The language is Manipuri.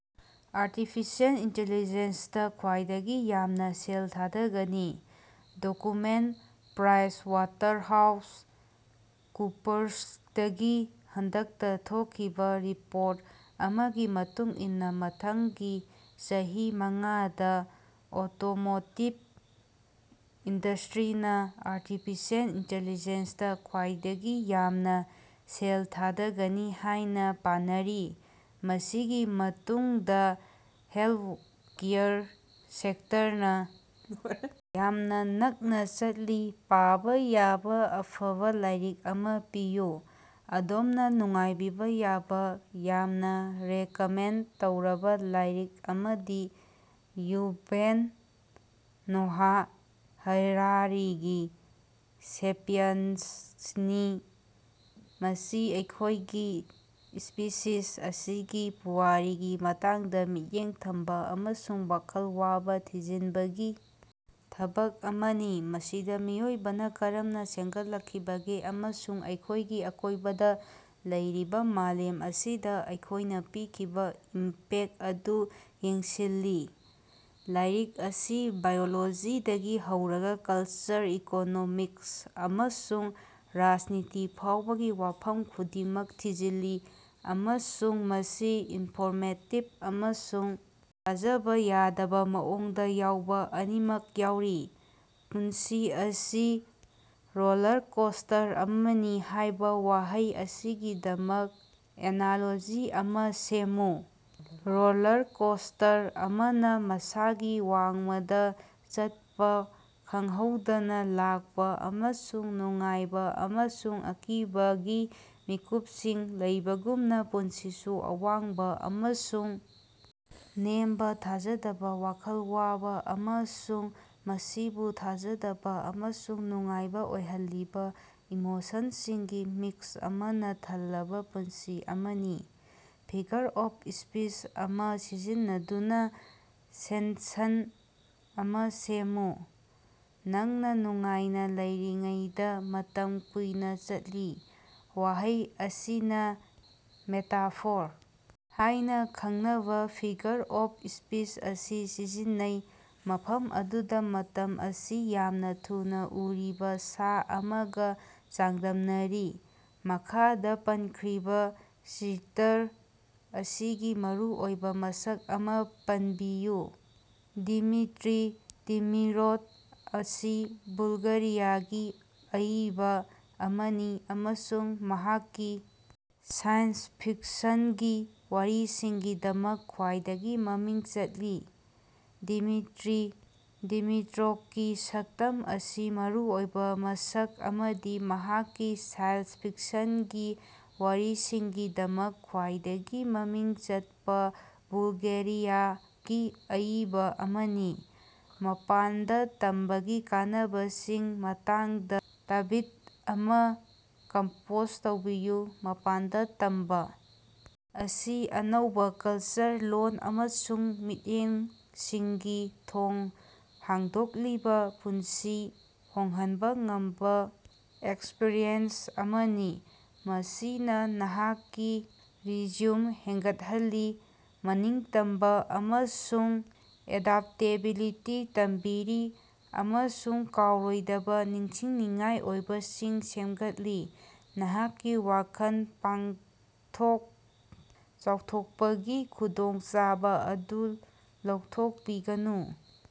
ꯑꯥꯔꯇꯤꯐꯤꯁꯤꯑꯦꯜ ꯏꯟꯇ‌ꯦꯂꯤꯖ‌ꯦꯟꯁꯗ ꯈ꯭ꯋꯥꯏꯗꯒꯤ ꯌꯥꯝꯅ ꯁꯦꯜ ꯊꯥꯗꯒꯅꯤ? ꯗꯣꯀꯨꯃꯦꯟꯠ: ꯄ꯭ꯔꯥꯏꯖ ꯋꯥꯇꯔꯍꯥꯎꯁ ꯀꯨꯄꯔꯁꯗꯒꯤ ꯍꯟꯗꯛꯇ ꯊꯣꯛꯈꯤꯕ ꯔꯤꯄꯣꯔꯠ ꯑꯃꯒꯤ ꯃꯇꯨꯡ ꯏꯟꯅ ꯃꯊꯪꯒꯤ ꯆꯍꯤ ꯃꯉꯥꯗ ꯑꯣꯇꯣꯃꯣꯇꯤꯚ ꯏꯟꯗꯁ꯭ꯇꯔꯤꯅ ꯑꯥꯔꯇꯤꯐꯤꯁꯤꯑꯦꯜ ꯏꯟꯇ‌ꯦꯂꯤꯖ‌ꯦꯟꯁꯗ ꯈ꯭ꯋꯥꯏꯗꯒꯤ ꯌꯥꯝꯅ ꯁꯦꯜ ꯊꯥꯗꯒꯅꯤ ꯍꯥꯏꯅ ꯄꯥꯅꯔꯤ, ꯃꯁꯤꯒꯤ ꯃꯇꯨꯡꯗ ꯍꯦꯜꯊꯀꯦꯌꯔ ꯁꯦꯛꯇꯔꯅ ꯌꯥꯝꯅ ꯅꯛꯅ ꯆꯠꯂꯤ꯫ ꯄꯥꯕ ꯌꯥꯕ ꯑꯐꯕ ꯂꯥꯏꯔꯤꯛ ꯑꯃ ꯄꯤꯌꯨ꯫ ꯑꯗꯣꯝꯅ ꯅꯨꯡꯉꯥꯏꯕꯤꯕ ꯌꯥꯕ ꯌꯥꯝꯅ ꯔꯦꯀꯃꯦꯟꯠ ꯇꯧꯔꯕ ꯂꯥꯏꯔꯤꯛ ꯑꯃꯗꯤ ꯌꯨꯚꯥꯜ ꯅꯣꯍꯥ ꯍꯔꯥꯔꯤꯒꯤ ꯁꯦꯄꯤꯌꯟꯁꯅꯤ꯫ ꯃꯁꯤ ꯑꯩꯈꯣꯏꯒꯤ ꯁ꯭ꯄꯤꯁꯤꯁ ꯑꯁꯤꯒꯤ ꯄꯨꯋꯥꯔꯤꯒꯤ ꯃꯇꯥꯡꯗ ꯃꯤꯠꯌꯦꯡ ꯊꯝꯕ ꯑꯃꯁꯨꯡ ꯋꯥꯈꯜ ꯋꯥꯕ ꯊꯤꯖꯤꯟꯕꯒꯤ ꯊꯕꯛ ꯑꯃꯅꯤ, ꯃꯁꯤꯗ ꯃꯤꯑꯣꯏꯕꯅ ꯀꯔꯝꯅ ꯁꯦꯝꯒꯠꯂꯛꯈꯤꯕꯒꯦ ꯑꯃꯁꯨꯡ ꯑꯩꯈꯣꯏꯒꯤ ꯑꯀꯣꯏꯕꯗ ꯂꯩꯔꯤꯕ ꯃꯥꯂꯦꯝ ꯑꯁꯤꯗ ꯑꯩꯈꯣꯏꯅ ꯄꯤꯈꯤꯕ ꯏꯝꯄꯦꯛ ꯑꯗꯨ ꯌꯦꯡꯁꯤꯜꯂꯤ꯫ ꯂꯥꯏꯔꯤꯛ ꯑꯁꯤꯅ ꯕꯥꯏꯑꯣꯂꯣꯖꯤꯗꯒꯤ ꯍꯧꯔꯒ ꯀꯜꯆꯔ, ꯏꯀꯣꯅꯣꯃꯤꯛꯁ, ꯑꯃꯁꯨꯡ ꯔꯥꯖꯅꯤꯇꯤ ꯐꯥꯎꯕꯒꯤ ꯋꯥꯐꯝ ꯈꯨꯗꯤꯡꯃꯛ ꯊꯤꯖꯤꯜꯂꯤ ꯑꯃꯁꯨꯡ ꯃꯁꯤ ꯏꯅꯟꯐꯣꯔꯃꯦꯇꯤꯚ ꯑꯃꯁꯨꯡ ꯊꯥꯖꯕ ꯌꯥꯗꯕ ꯃꯑꯣꯡꯗ ꯌꯥꯎꯕ ꯑꯅꯤꯃꯛ ꯌꯥꯎꯔꯤ꯫ ꯄꯨꯟꯁꯤ ꯑꯁꯤ ꯔꯣꯂꯔꯀꯣꯁ꯭ꯇꯔ ꯑꯃꯅꯤ ꯍꯥꯏꯕ ꯋꯥꯍꯩ ꯑꯁꯤꯒꯤꯗꯃꯛ ꯑꯦꯅꯥꯂꯣꯖꯤ ꯑꯃꯥ ꯁꯦꯝꯃꯨ꯫ ꯔꯣꯂꯔ ꯀꯣꯁ꯭ꯇꯔ ꯑꯃꯅ ꯃꯁꯥꯒꯤ ꯋꯥꯡꯃꯗ ꯆꯠꯄꯥ, ꯈꯪꯍꯧꯗꯅ ꯂꯥꯛꯄ, ꯑꯃꯁꯨꯡ ꯅꯨꯡꯉꯥꯏꯕ ꯑꯃꯁꯨꯡ ꯑꯀꯤꯕꯒꯤ ꯃꯤꯀꯨꯞꯁꯤꯡ ꯂꯩꯕꯒꯨꯝꯅ, ꯄꯨꯟꯁꯤꯁꯨ ꯑꯋꯥꯡꯕ ꯑꯃꯁꯨꯡ ꯅꯦꯝꯕ, ꯊꯥꯖꯗꯕ ꯋꯥꯈꯜ ꯋꯥꯕꯥ, ꯑꯃꯁꯨꯡ ꯃꯁꯤꯕꯨ ꯊꯥꯖꯗꯕ ꯑꯃꯁꯨꯡ ꯅꯨꯡꯉꯥꯏꯕ ꯑꯣꯏꯍꯜꯂꯤꯕ ꯏꯃꯣꯁꯟꯁꯤꯡꯒꯤ ꯃꯤꯛꯁ ꯑꯃꯅ ꯊꯜꯂꯕ ꯄꯨꯟꯁꯤ ꯑꯃꯅꯤ꯫ ꯐꯤꯒꯔ ꯑꯣꯐ ꯁ꯭ꯄꯤꯆ ꯑꯃ ꯁꯤꯖꯤꯟꯅꯗꯨꯅ ꯁꯦꯟꯁꯟ ꯑꯃ ꯁꯦꯝꯃꯨ꯫ ꯅꯪꯅ ꯅꯨꯡꯉꯥꯏꯅ ꯂꯩꯔꯤꯉꯩꯗ ꯃꯇꯝ ꯀꯨꯏꯅ ꯆꯠꯂꯤ꯫ ꯋꯥꯍꯩ ꯑꯁꯤꯅ ꯃꯦꯇꯥꯐꯣꯔ ꯍꯥꯏꯅ ꯈꯪꯅꯕ ꯐꯤꯒꯔ ꯑꯣꯐ ꯁ꯭ꯄꯤꯆ ꯑꯁꯤ ꯁꯤꯖꯤꯟꯅꯩ, ꯃꯐꯝ ꯑꯗꯨꯗ ꯃꯇꯝ ꯑꯁꯤ ꯌꯥꯝꯅ ꯊꯨꯅ ꯎꯔꯤꯕ ꯁꯥ ꯑꯃꯒ ꯆꯥꯡꯗꯝꯅꯔꯤ꯫ ꯃꯈꯥꯗ ꯄꯟꯈ꯭ꯔꯤꯕ ꯆꯔꯤꯇꯔ ꯑꯁꯤꯒꯤ ꯃꯔꯨꯑꯣꯏꯕ ꯃꯁꯛ ꯑꯃꯥ ꯄꯟꯕꯤꯌꯨ꯫ ꯗꯤꯃꯤꯇꯔꯤ ꯗꯤꯃꯤꯠꯔꯣꯚ ꯑꯁꯤ ꯕꯨꯜꯒꯦꯔꯤꯌꯥꯒꯤ ꯑꯏꯕ ꯑꯃꯅꯤ ꯑꯃꯁꯨꯡ ꯃꯍꯥꯛꯀꯤ ꯁꯥꯏꯟꯁ ꯐꯤꯛꯁꯟꯒꯤ ꯋꯥꯔꯤꯁꯤꯡꯒꯤꯗꯃꯛ ꯈ꯭ꯋꯥꯏꯗꯒꯤ ꯃꯃꯤꯡ ꯆꯠꯂꯤ꯫ ꯗꯤꯃꯤꯇꯔꯤ ꯗꯤꯃꯤꯇꯔꯣꯚꯀꯤ ꯁꯛꯇꯝ ꯑꯁꯤꯒꯤ ꯃꯔꯨꯑꯣꯏꯕ ꯃꯁꯛ ꯑꯃꯗꯤ ꯃꯍꯥꯛꯀꯤ ꯁꯥꯏꯟꯁ ꯐꯤꯛꯁꯟꯒꯤ ꯋꯥꯔꯤꯁꯤꯡꯒꯤꯗꯃꯛ ꯈ꯭ꯋꯥꯏꯗꯒꯤ ꯃꯃꯤꯡ ꯆꯠꯄ ꯕꯨꯜꯒꯦꯔꯤꯌꯥꯒꯤ ꯑꯏꯕ ꯑꯃꯅꯤ꯫ ꯃꯄꯥꯟꯗ ꯇꯝꯕꯒꯤ ꯀꯥꯟꯅꯕꯁꯤꯡꯒꯤ ꯃꯇꯥꯡꯗꯥ ꯇ꯭ꯕꯤꯠ ꯑꯃꯥ ꯀꯝꯄꯣꯖ ꯇꯧꯕꯤꯌꯨ꯫ ꯃꯄꯥꯟꯗ ꯇꯝꯕ ꯑꯁꯤ ꯑꯅꯧꯕ ꯀꯜꯆꯔ, ꯂꯣꯜ, ꯑꯃꯁꯨꯡ ꯃꯤꯠꯌꯦꯡꯁꯤꯡꯒꯤ ꯊꯣꯡ ꯍꯥꯡꯗꯣꯛꯂꯤꯕ ꯄꯨꯟꯁꯤ ꯍꯣꯡꯍꯟꯕ ꯉꯝꯕ ꯑꯦꯛꯁꯄꯔꯤꯌꯦꯟꯁ ꯑꯃꯅꯤ꯫ ꯃꯁꯤꯅ ꯅꯍꯥꯛꯀꯤ ꯔꯤꯖ꯭ꯌꯨꯝ ꯍꯦꯟꯒꯠꯍꯜꯂꯤ, ꯃꯅꯤꯡꯇꯝꯕ ꯑꯃꯁꯨꯡ ꯑꯦꯗꯞꯇꯦꯕꯤꯂꯤꯇꯤ ꯇꯝꯕꯤꯔꯤ, ꯑꯃꯁꯨꯡ ꯀꯥꯎꯔꯣꯏꯗꯕ ꯅꯤꯡꯁꯤꯡꯅꯤꯡꯉꯥꯏ ꯑꯣꯏꯕꯁꯤꯡ ꯁꯦꯝꯒꯠꯂꯤ꯫ ꯅꯍꯥꯛꯀꯤ ꯋꯥꯈꯜ ꯄꯥꯛꯊꯣꯛ-ꯆꯥꯎꯊꯣꯛꯄꯒꯤ ꯈꯨꯗꯣꯡꯆꯥꯕ ꯑꯗꯨ ꯂꯧꯊꯣꯛꯄꯤꯒꯅꯨ꯫